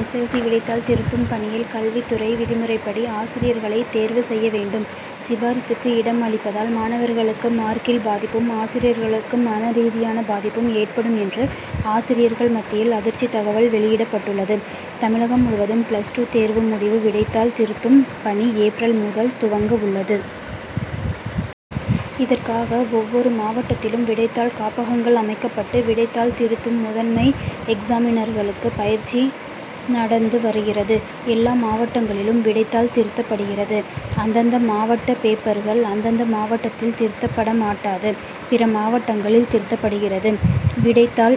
S. L. C விடைத்தாள் திருத்தும் பணியில் கல்வித்துறை விதிமுறைப்படி ஆசிரியர்களை தேர்வு செய்ய வேண்டும். சிபாரிசுக்கு இடம் அளிப்பதால் மாணவர்களுக்கு மார்க்கில் பாதிப்பும் ஆசிரியர்களுக்கு மனரீதியான பாதிப்பும் ஏற்படும் என்று ஆசிரியர்கள் மத்தியில் அதிர்ச்சி தகவல் வெளியிடப்பட்டுள்ளது. தமிழகம் முழுவதும் பிளஸ் டூ தேர்வு முடிந்து விடைத்தாள் திருத்தும் பணி ஏப்ரல் முதல் துவங்க உள்ளது. இதற்காக ஒவ்வொரு மாவட்டத்திலும் விடைத்தாள் காப்பகங்கள் அமைக்கப்பட்டு விடைத்தாள் திருத்தும் முதன்மை எக்சாமினர்களுக்கு பயிற்சி நடந்து வருகிறது. எல்லா மாவட்டங்களிலும் விடைத்தாள் திருத்தப்படுகிறது. அந்தந்த மாவட்ட பேப்பர்கள் அந்தந்த மாவட்டத்தில் திருத்தப்படமாட்டாது. பிற மாவட்டங்களில் திருத்தப்படுகிறது. விடைத்தாள்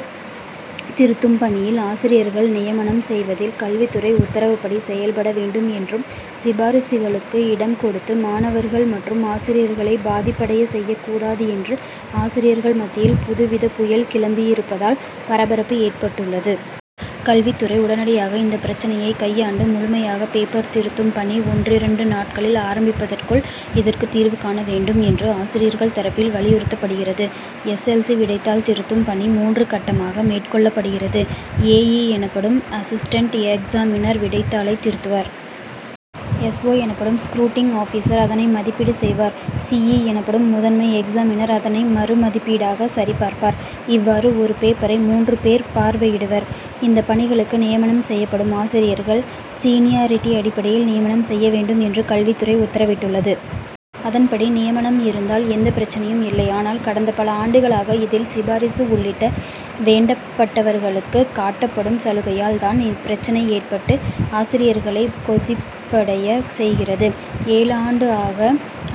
திருத்தும் பணியில் ஆசிரியர்கள் நியமனம் செய்வதில் கல்வித்துறை உத்தரவுப்படி செயல்பட வேண்டும் என்றும் சிபாரிசுகளுக்கு இடம் கொடுத்து மாணவர்கள் மற்றும் ஆசிரியர்களை பாதிப்படைய செய்யக் கூடாது என்று ஆசிரியர்கள் மத்தியில் புதுவித புயல் கிளம்பியிருப்பதால் பரபரப்பு ஏற்பட்டுள்ளது. கல்வித்துறை உடனடியாக இந்த பிரச்னையை கையாண்டு முழுமையாக பேப்பர் திருத்தும் பணி ஒன்றிரண்டு நாளில் ஆரம்பிப்பதற்குள் இதற்கு தீர்வு காண வேண்டும் என்று ஆசிரிர்கள் தரப்பில் வலியுறுத்தப்படுகிறது. எஸ். எல். சி விடைத்தாள் திருத்தும் பணி மூன்று கட்டமாக மேற்கொள்ளப்படுகிறது. ஏ. இ எனப்படும் அசிஸ்டென்ட் எக்சாமினர் விடைத்தாளை திருத்துவார். எஸ். ஓ எனப்படும் ஸ்குரூட்னிங் ஆபிசர் அதனை மதிப்பீடு செய்வார். சி. இ எனப்படும் முதன்மை எக்சாமினர் அதனை மறு மதிப்பீடாக சரிபார்ப்பார். இவ்வாறு ஒரு பேப்பரை மூன்று பேர் பார்வையிடுவர். இந்த பணிகளுக்கு நியமனம் செய்யப்படும் ஆசிரியர்கள் சீனியார்டி அடிப்படையில் நியமனம் செய்ய வேண்டும் என்று கல்வித்துறை உத்தரவிட்டுள்ளது. அதன்படி நியமனம் இருந்தால் எந்த பிரச்னையும் இல்லை. ஆனால் கடந்த பல ஆண்டுகளாக இதில் சிபாரிசு உள்ளிட்ட வேண்டப்பட்டவர்களுக்கு காட்டப்படும் சலுகையால் தான் பிரச்னை ஏற்பட்டு ஆசிரியர்களை கொதிப்படைய செய்கிறது. ஏழு ஆண்டாக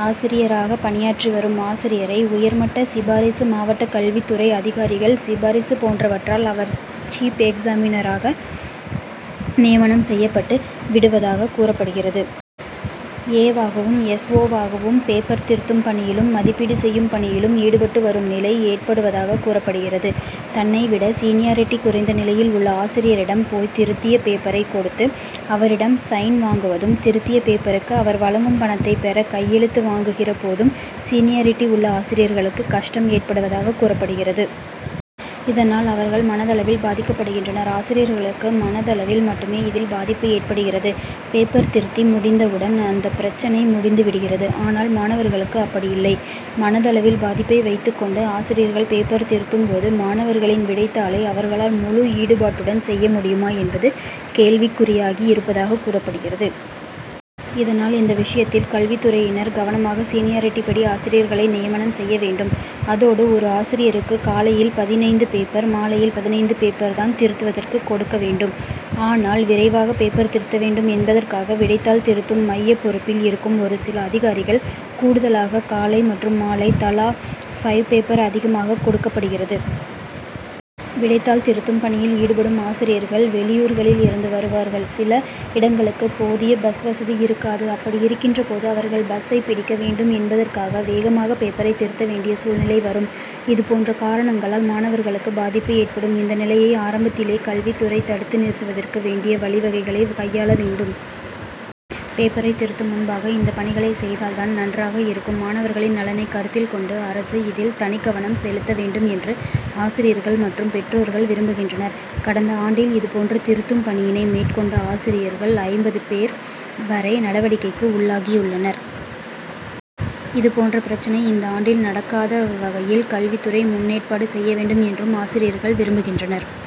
ஆசிரியராக பணியாற்றி வரும் ஆசிரியரை உயர்மட்ட சிபாரிசு மாவட்ட கல்வித்துறை அதிகாரிகள் சிபாரிசு போன்றவற்றால் அவர் சீப் எக்சாமினராக நியமனம் செய்யப்பட்டு விடுவதாக கூறப்படுகிறது. ஏ வாகவும் எஸ். ஓ வாகவும் பேப்பர் திருத்தும் பணியிலும், மதிப்பீடு செய்யும் பணியிலும் ஈடுபட்டு வரும் நிலை ஏற்படுவதாக கூறப்படுகிறது. தன்னை விட சீனியார்டி குறைந்த நிலையில் உள்ள ஆசிரியரிடம் போய் திருத்திய பேப்பரை கொடுத்து அவரிடம் சைன் வாங்குவதும், திருத்திய பேப்பருக்கு அரசு வழங்கும் பணத்தை பெற கையெழுத்து வாங்குகிற போதும் சீனியார்டி உள்ள ஆசிரியர்களுக்கு கஷ்டம் ஏற்படுவதாக கூறப்படுகிறது. இதனால் அவர்கள் மனதளவில் பாதிக்கப்படுகின்றனர். ஆசிரியர்களுக்கு மனதளவில் மட்டுமே இதில் பாதிப்பு ஏற்படுகிறது. பேப்பர் திருத்தி முடித்தவுடன் அந்த பிரச்னை முடிந்துவிடுகிறது. ஆனால் மாணவர்களுக்கு அப்படி இல்லை. மனதளவில் பாதிப்பை வைத்துக் கொண்டு ஆசிரியர்கள் பேப்பர் திருத்தும் போது மாணவர்களின் விடைத்தாளை அவர்களால் முழு ஈடுபாட்டுடன் செய்ய முடியுமா என்பது கேள்விக்குறியாகி இருப்பதாக கூறப்படுகிறது. இதனால் இந்த விஷயத்தில் கல்வித்துறையினர் கவனமாக சீனியார்டி படி ஆசிரியர்களை நியமனம் செய்ய வேண்டும். அதோடு ஒரு ஆசிரியருக்கு காலையில் பதினைந்து பேப்பர், மாலையில் பதினைந்து பேப்பர் தான் திருத்துவதற்கு கொடுக்க வேண்டும். ஆனால்விரைவாக பேப்பர் திருத்த வேண்டும் என்பதற்காக விடைத்தாள் திருத்தும் மைய பொறுப்பில் இருக்கும் ஒரு சில அதிகாரிகள் கூடுதலாக காலை மற்றும் மாலையில் தலா ஃபைவ் பேப்பர் அதிகமாக கொடுப்படுகிறது. விடைத்தாள் திருத்தும் பணியில் ஈடுபடும் ஆசிரியர்கள் வெளியூர்களில் இருந்து வருவார்கள். சில இடங்களுக்கு போதிய பஸ்வசதி இருக்காது. அப்படி இருக்கின்ற போது அவர்கள் பஸ்சை பிடிக்க வேண்டும் என்பதற்காக வேகமாக பேப்பரை திருத்த வேண்டிய சூழ்நிலை வரும். இதுபோன்ற காரணங்களால் மாணவர்களுக்கு பாதிப்பு ஏற்படும். இந்த நிலையை ஆரம்பத்திலே கல்வித்துறை தடுத்து நிறுத்துவதற்கு வேண்டிய வழி வகைகளை கையாள வேண்டும். பேப்பரை திருத்தும் முன்பாக இந்த பணிகளை செய்தால் தான் நன்றாக இருக்கும். மாணவர்களின் நலனை கருத்தில் கொண்டு அரசு இதில் தனிக்கவனம் செலுத்த வேண்டும் என்று ஆசிரியர்கள் மற்றும் பெற்றோர்கள் விரும்புகின்றனர். கடந்த ஆண்டில் இதுபோன்ற திருத்தும் பணியினை மேற்கொண்ட ஆசிரியர்கள் ஐம்பது பேர் வரை நடவடிக்கைகக்கு உள்ளாகியுள்ளனர். இதுபோன்ற பிரச்னை இந்த ஆண்டில் நடக்காத வகையில் கல்வித்துறை முன்னேற்பாடு செய்ய வேண்டும் என்றும் ஆசிரியர்கள் விரும்புகின்றனர்.